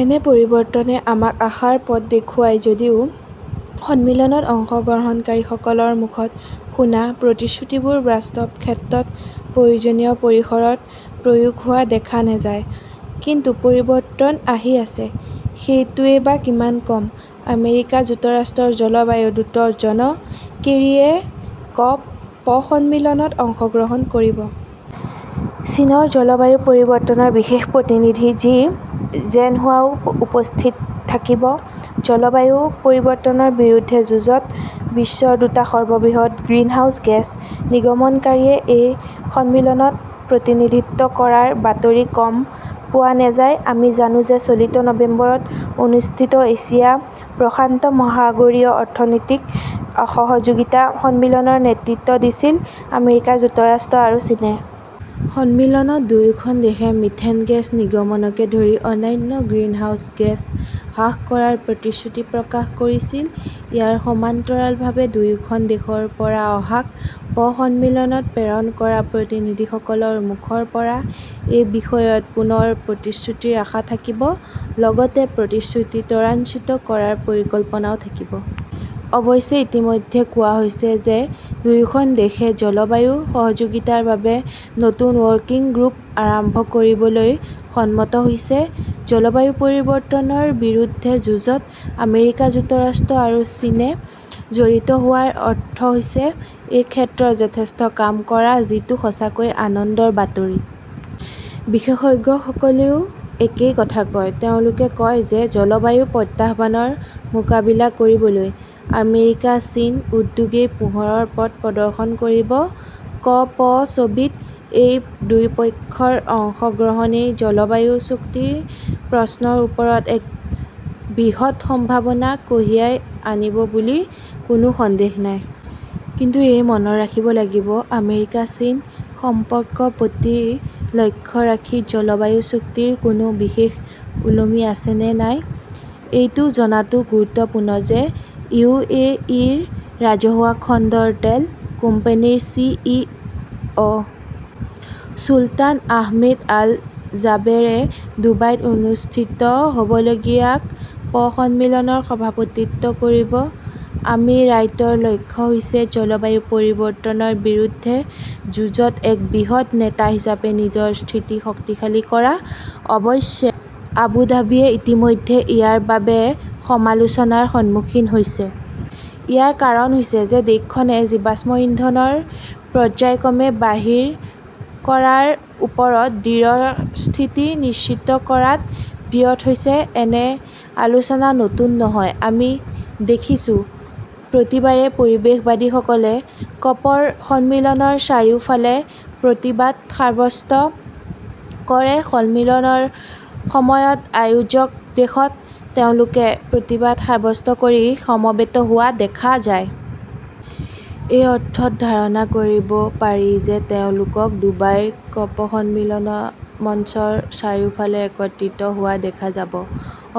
এনে পৰিৱৰ্তনে আমাক আশাৰ পথ দেখুৱায়। যদিও সন্মিলনত অংশগ্ৰহণকাৰীসকলৰ মুখত শুনা প্ৰতিশ্ৰুতিবোৰ বাস্তৱ ক্ষেত্ৰত প্ৰয়োজনীয় পৰিসৰত প্ৰয়োগ হোৱা দেখা নাযায়। কিন্তু পৰিৱৰ্তন আহি আছে, সেইটোৱেই বা কিমান কম? আমেৰিকা যুক্তৰাষ্ট্ৰৰ জলবায়ু দূত জন কেৰীয়ে ক 'প- সন্মিলনত অংশগ্ৰহণ কৰিব। চীনৰ জলবায়ু পৰিৱৰ্তনৰ বিশেষ প্ৰতিনিধি জি জেনহুৱাও উপস্থিত থাকিব। জলবায়ু পৰিৱৰ্তনৰ বিৰুদ্ধে যুঁজত বিশ্বৰ দুটা সৰ্ববৃহৎ গ্ৰিনহাউজ গেছ নিৰ্গমনকাৰীয়ে এই সন্মিলনত প্ৰতিনিধিত্ব কৰাৰ বাতৰি কম পোৱা নাযায়। আমি জানো যে চলিত নৱেম্বৰত অনুষ্ঠিত এছিয়া-প্ৰশান্ত মহাসাগৰীয় অৰ্থনৈতিক সহযোগিতা সন্মিলনৰ নেতৃত্ব দিছিল আমেৰিকা যুক্তৰাষ্ট্ৰ আৰু চীনে। সন্মিলনখনত দুয়োখন দেশে মিথেন গেছ নিৰ্গমনকে ধৰি অন্যান্য গ্ৰিনহাউজ গেছ হ্ৰাস কৰাৰ প্ৰতিশ্ৰুতি প্ৰকাশ কৰিছিল। ইয়াৰ সমান্তৰালভাৱে দুয়োখন দেশৰ পৰা অহা ক'প- সন্মিলনত প্ৰেৰণ কৰা প্ৰতিনিধিসকলৰ মুখৰ পৰা এই বিষয়ত পুনৰ প্ৰতিশ্ৰুতিৰ আশা থাকিব, লগতে প্ৰতিশ্ৰুতি ত্বৰান্বিত কৰাৰ পৰিকল্পনাও থাকিব। অৱশ্যে, ইতিমধ্যে কোৱা হৈছে যে দুয়োখন দেশে জলবায়ু সহযোগিতাৰ বাবে নতুন 'ৱৰ্কিং গ্ৰুপ' আৰম্ভ কৰিবলৈ সন্মত হৈছে। জলবায়ু পৰিৱৰ্তনৰ বিৰুদ্ধে যুঁজত আমেৰিকা যুক্তৰাষ্ট্ৰ আৰু চীনে জড়িত হোৱাৰ অৰ্থ হৈছে এই ক্ষেত্ৰত যথেষ্ট কাম কৰা, যিটো সঁচাকৈয়ে আনন্দৰ বাতৰি। বিশেষজ্ঞসকলেও একেই কথা কয়। তেওঁলোকে কয় যে জলবায়ুৰ প্ৰত্যাহ্বানৰ মোকাবিলা কৰিবলৈ আমেৰিকা-চীন উদ্যোগই পোহৰৰ পথ প্ৰদৰ্শন কৰিব। ক'প- ছবিত এই দুয়োপক্ষৰ অংশগ্ৰহণই জলবায়ু চুক্তিৰ প্ৰশ্নৰ ওপৰত এক বৃহৎ সম্ভাৱনা কঢ়িয়াই আনিব বুলি কোনো সন্দেহ নাই। কিন্তু এ-য়ে মনত ৰাখিব লাগিব, আমেৰিকা-চীন সম্পৰ্কৰ প্ৰতি লক্ষ্য ৰাখি জলবায়ু চুক্তিৰ কোনো বিষয় ওলমি আছে নে নাই! এইটো জনাটো গুৰুত্বপূৰ্ণ যে ইউ. এ. ই. ৰ ৰাজহুৱা খণ্ডৰ তেল কোম্পানীৰ চি. ই. অ '. চুলতান আহমেদ আল জাবেৰে ডুবাইত অনুষ্ঠিত হ' বলগীয়া ক 'প- সন্মিলনৰ সভাপতিত্ব কৰিব। আমিৰাটৰ লক্ষ্য হৈছে জলবায়ু পৰিৱৰ্তনৰ বিৰুদ্ধে যুঁজত এক বৃহৎ নেতা হিচাপে নিজৰ স্থিতি শক্তিশালী কৰা। অৱশ্যে আবুধাবিয়ে ইতিমধ্যে ইয়াৰ বাবে সমালোচনাৰ সন্মুখীন হৈছে। ইয়াৰ কাৰণ হৈছে যে দেশখনে জীৱাশ্ম ইন্ধনৰ 'পৰ্য্যায়ক্ৰমে বাহিৰ কৰা'ৰ ওপৰত দৃঢ় স্থিতি নিশ্চিত কৰাত ব্যৰ্থ হৈছে, এনে আলোচনা নতুন নহয়। আমি দেখিছোঁ, প্ৰতিবাৰেই পৰিৱেশবাদীসকলে ক'পৰ সন্মিলনৰ চাৰিওফালে প্ৰতিবাদ সাব্যস্ত কৰে। সন্মিলনৰ সময়ত আয়োজক দেশত তেওঁলোকে প্ৰতিবাদ সাব্যস্ত কৰি সমবেত হোৱা দেখা যায়। এই অৰ্থত, ধাৰণা কৰিব পাৰি যে তেওঁলোকক ডুবাইৰ কপ- সন্মিলন মঞ্চৰ চাৰিওফালে একত্ৰিত হোৱা দেখা যাব।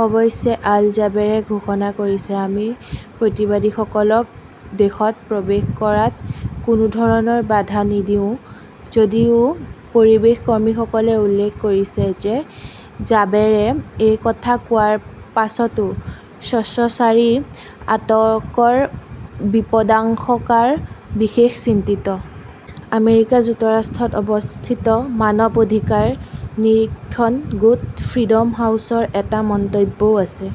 অৱশ্যে আল জাবেৰে ঘোষণা কৰিছে, 'আমি প্ৰতিবাদকাৰীসকলক দেশত প্ৰৱেশ কৰাত কোনো ধৰণৰ বাধা নিদিওঁ। যদিও পৰিৱেশ কৰ্মীসকলে উল্লেখ কৰিছে যে জাবেৰে এই কথা কোৱাৰ পিছতো স্বেচ্ছাচাৰী আটকৰ বিপদাশংকাৰ বিষয়ে চিন্তিত। আমেৰিকা যুক্তৰাষ্ট্ৰত অৱস্থিত মানৱ অধিকাৰ নিৰীক্ষণ গোট ফ্ৰীডম হাউছৰ এটা মন্তব্যও আছে।